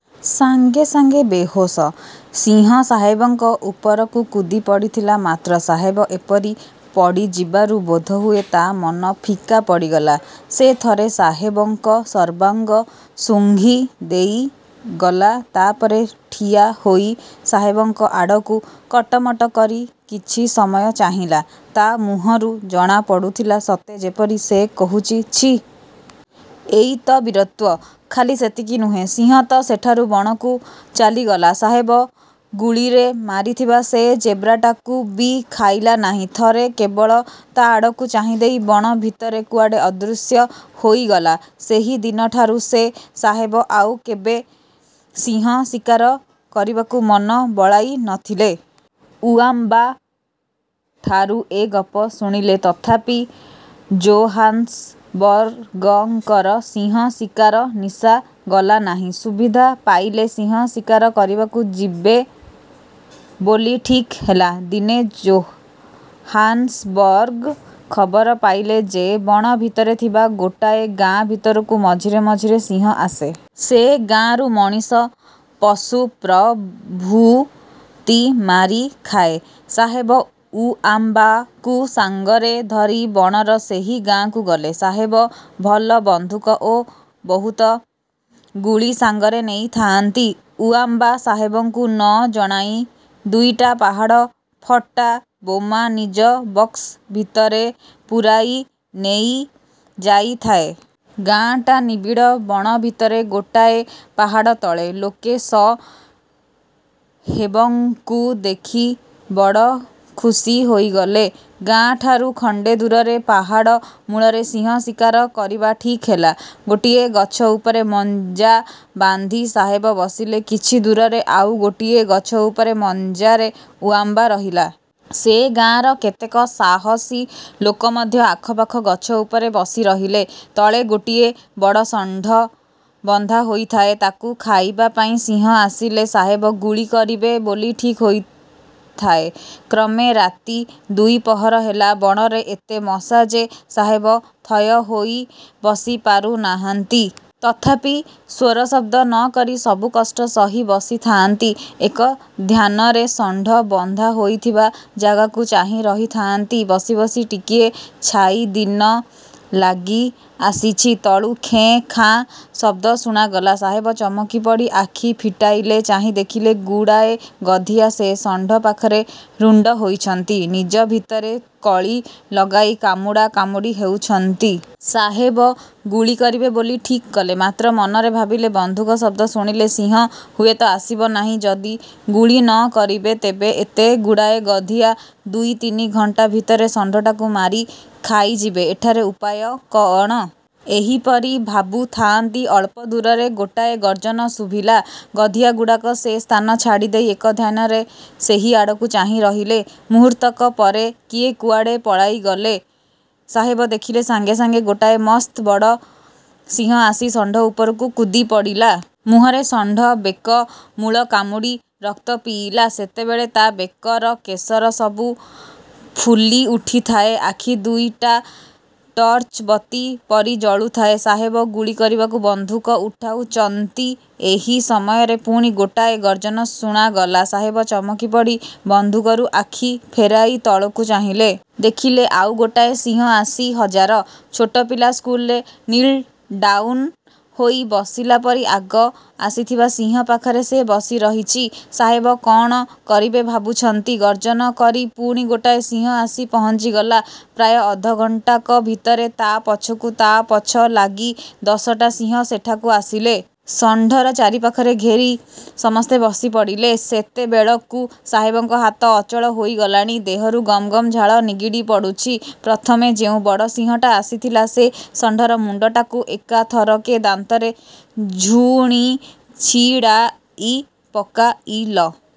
ସାଙ୍ଗେସାଙ୍ଗେ ବେହୋସ। ସିଂହ ସାହେବଙ୍କ ଉପରକୁ କୁଦି ପଡ଼ିଥିଲା; ମାତ୍ର ସାହେବ ଏପରି ପଡ଼ିଯିବାରୁ ବୋଧହୁଏ ତା' ମନ ଫିକା ପଡ଼ିଗଲା। ସେ ଥରେ ସାହେବଙ୍କ ସର୍ବାଙ୍ଗ ଶୁଙ୍ଘି ଦେଇଗଲା, ତା'ପରେ ଠିଆହୋଇ ସାହେବଙ୍କ ଆଡ଼କୁ କଟମଟ କରି କିଛି ସମୟ ଚାହିଁଲା। ତା' ମୁହଁରୁ ଜଣାପଡ଼ୁଥିଲା, ସତେ ଯେପରି ସେ କହୁଛି, 'ଛି! ଏଇ ତ ବୀରତ୍ୱ! ' ଖାଲି ସେତିକି ନୁହେଁ। ସିଂହ ତ ସେଠାରୁ ବଣକୁ ଚାଲିଗଲା। ସାହେବ ଗୁଳିରେ ମାରିଥିବା ସେ ଜେବ୍ରାଟାକୁ ବି ଖାଇଲା ନାହିଁ। ଥରେ କେବଳ ତା' ଆଡ଼କୁ ଚାହିଁଦେଇ ବଣ ଭିତରେ କୁଆଡ଼େ ଅଦୃଶ୍ୟ ହୋଇଗଲା। ସେହିଦିନଠାରୁ ସେ ସାହେବ ଆଉ କେବେ ସିଂହ ଶିକାର କରିବାକୁ ମନ ବଳାଇ ନ ଥିଲେ। ଉଆମ୍ବାଠାରୁ ଏ ଗପ ଶୁଣିଲେ, ତଥାପି ଜୋହାନ୍ସବର୍ଗଙ୍କର ସିଂହ ଶିକାର ନିଶା ଗଲା ନାହିଁ। ସୁବିଧା ପାଇଲେ ସିଂହ ଶିକାର କରିବାକୁ ଯିବେ ବୋଲି ଠିକ୍ ହେଲା। ଦିନେ ଜୋହାନ୍ସବର୍ଗ ଖବର ପାଇଲେ ଯେ, ବଣ ଭିତରେ ଥିବା ଗୋଟାଏ ଗାଁ ଭିତରକୁ ମଝିରେ ମଝିରେ ସିଂହ ଆସେ। ସେ ଗାଁରୁ ମଣିଷ, ପଶୁ ପ୍ରଭୁତି ମାରି ଖାଏ। ସାହେବ ଉଆମ୍ବାକୁ ସାଙ୍ଗରେ ଧରି ବଣର ସେହି ଗାଁକୁ ଗଲେ। ସାହେବ ଭଲ ବନ୍ଧୁକ ଓ ବହୁତ ଗୁଳି ସାଙ୍ଗରେ ନେଇଥାଆନ୍ତି। ଉଆମ୍ବା ସାହେବଙ୍କୁ ନ ଜଣାଇ ଦୁଇଟା ପାହାଡ଼ ଫଟା ବୋମା ନିଜ ବକ୍ସ ଭିତରେ ପୂରାଇ ନେଇଯାଇଥାଏ। ଗାଆଁଟା ନିବିଡ଼ ବଣ ଭିତରେ ଗୋଟାଏ ପାହାଡ଼ ତଳେ। ଲୋକେ ସ। ହେବଙ୍କୁ ଦେଖି ବଡ଼ ଖୁସି ହୋଇଗଲେ। ଗାଁ ଠାରୁ ଖଣ୍ଡେଦୂରରେ ପାହାଡ଼ମୂଳରେ ସିଂହ ଶିକାର କରିବା ଠିକ୍ ହେଲା। ଗୋଟିଏ ଗଛ ଉପରେ ମଞ୍ଚା ବାନ୍ଧି ସାହେବ ବସିଲେ। କିଛି ଦୂରରେ ଆଉ ଗୋଟିଏ ଗଛ ଉପରେ ମଞ୍ଚାରେ ଉଆମ୍ବା ରହିଲା। ସେ ଗାଆଁର କେତେକ ସାହସୀ ଲୋକ ମଧ୍ୟ ଆଖପାଖ ଗଛ ଉପରେ ବସିରହିଲେ। ତଳେ ଗୋଟିଏ ବଡ଼ ଷଣ୍ଢ ବନ୍ଧା ହୋଇଥାଏ। ତାକୁ ଖାଇବା ପାଇଁ ସିଂହ ଆସିଲେ, ସାହେବ ଗୁଳି କରିବେ ବୋଲି ଠିକ୍ ହୋଇଥାଏ। କ୍ରମେ ରାତି ଦୁଇ ପହର ହେଲା। ବଣରେ ଏତେ ମଶା ଯେ, ସାହେବ ଥୟ ହୋଇ ବସିପାରୁନାହାନ୍ତି।। ତଥାପି ସ୍ୱରଶବ୍ଦ ନ କରି ସବୁ କଷ୍ଟ ସହି ବସିଥାଆନ୍ତି। ଏକଧ୍ୟାନରେ ଷଣ୍ଢ ବନ୍ଧା ହୋଇଥିବା ଜାଗାକୁ ଚାହିଁ ରହିଥାଆନ୍ତି। ବସି ବସି ଟିକିଏ ଛାଇଦିନ ଲାଗିଆସିଛି; ତଳୁ ଖେଁ ଖାଁ ଶବ୍ଦ ଶୁଣାଗଲା। ସାହେବ ଚମକି ପଡ଼ି ଆଖି ଫିଟାଇଲେ। ଚାହିଁ ଦେଖିଲେ, ଗୁଡ଼ାଏ ଗଧିଆ ସେ ଷଣ୍ଢ ପାଖରେ ରୁଣ୍ଡ ହୋଇଛନ୍ତି; ନିଜ ଭିତରେ କଳି ଲଗାଇ କାମୁଡ଼ା କାମୁଡ଼ି ହେଉଛନ୍ତି। ସାହେବ ଗୁଳି କରିବେ ବୋଲି ଠିକ୍ କଲେ; ମାତ୍ର ମନରେ ଭାବିଲେ, ବନ୍ଧୁକ ଶବ୍ଦ ଶୁଣିଲେ ସିଂହ ହୁଏତ ଆସିବ ନାହିଁ। ଯଦି ଗୁଳି ନ କରିବେ, ତେବେ ଏତେଗୁଡ଼ାଏ ଗଧିଆ ଦୁଇ ତିନି ଘଣ୍ଟା ଭିତରେ ଷଣ୍ଢଟାକୁ ମାରି ଖାଇଯିବେ। ଏଠାରେ ଉପାୟ କଅଣ? ଏହିପରି ଭାବୁଥାଆନ୍ତି, ଅଳ୍ପ ଦୂରରେ ଗୋଟାଏ ଗର୍ଜନ ଶୁଭିଲା। ଗଧିଆଗୁଡ଼ାକ ସେ ସ୍ଥାନ ଛାଡ଼ିଦେଇ ଏକଧ୍ୟାନରେ ସେହି ଆଡ଼କୁ ଚାହିଁ ରହିଲେ। ମୁହୂର୍ତ୍ତକ ପରେ କିଏ କୁଆଡ଼େ ପଳାଇଗଲେ। ସାହେବ ଦେଖିଲେ, ସାଙ୍ଗେ ସାଙ୍ଗେ ଗୋଟାଏ ମସ୍ତ ବଡ଼ ସିଂହ ଆସି ଷଣ୍ଢ ଉପରକୁ କୁଦି ପଡ଼ିଲା। ମୁହଁରେ ଷଣ୍ଢ ବେକ ମୂଳ କାମୁଡ଼ି ରକ୍ତ ପିଇଲା। ସେତେବେଳେ ତା' ବେକର କେଶରସବୁ ଫୁଲି ଉଠିଥାଏ, ଆଖି ଦୁଇଟା ଟର୍ଚ୍ଚବତୀ ପରି ଜଳୁଥାଏ। ସାହେବ ଗୁଳି କରିବାକୁ ବନ୍ଧୁକ ଉଠାଉଚନ୍ତି, ଏହି ସମୟରେ ପୁଣି ଗୋଟାଏ ଗର୍ଜନ ଶୁଣାଗଲା। ସାହେବ ଚମକି ପଡ଼ି ବନ୍ଧୁକରୁ ଆଖି ଫେରାଇ ତଳକୁ ଚାହିଁଲେ। ଦେଖିଲେ, ଆଉ ଗୋଟାଏ ସିଂହ ଆସି ହଜାର। ଛୋଟ ପିଲା ସ୍କୁଲରେ 'ନୀଲ ଡାଉନ ' ହୋଇ ବସିଲା ପରି ଆଗ ଆସିଥିବା ସିଂହ ପାଖରେ ସେ ବସିରହିଛି। ସାହେବ କଅଣ କରିବେ ଭାବୁଛନ୍ତି-ଗର୍ଜନ କରି ପୁଣି ଗୋଟାଏ ସିଂହ ଆସି ପହଞ୍ଚିଗଲା। ପ୍ରାୟ ଅଧଘଣ୍ଟାକ ଭିତରେ ତା' ପଛକୁ ତା' ପଛ ଲାଗି ଦଶଟା ସିଂହ ସେଠାକୁ ଆସିଲେ-। ଷଣ୍ଢର ଚାରିପାଖରେ ଘେରି ସମସ୍ତେ ବସିପଡ଼ିଲେ। ସେତେବେଳକୁ ସାହେବଙ୍କ ହାତ ଅଚଳ ହୋଇଗଲାଣି। ଦେହରୁ ଗମଗମ ଝାଳ ନିଗିଡ଼ି ପଡ଼ୁଛି। ପ୍ରଥମେ ଯେଉଁ ବଡ଼ ସିଂହଟା ଆସିଥିଲା, ସେ ଷଣ୍ଢର ମୁଣ୍ଡଟାକୁ ଏକାଥରକେ ଦାନ୍ତରେ ଝୁଣି ଛିଡ଼ାଇ ପକାଇଲ।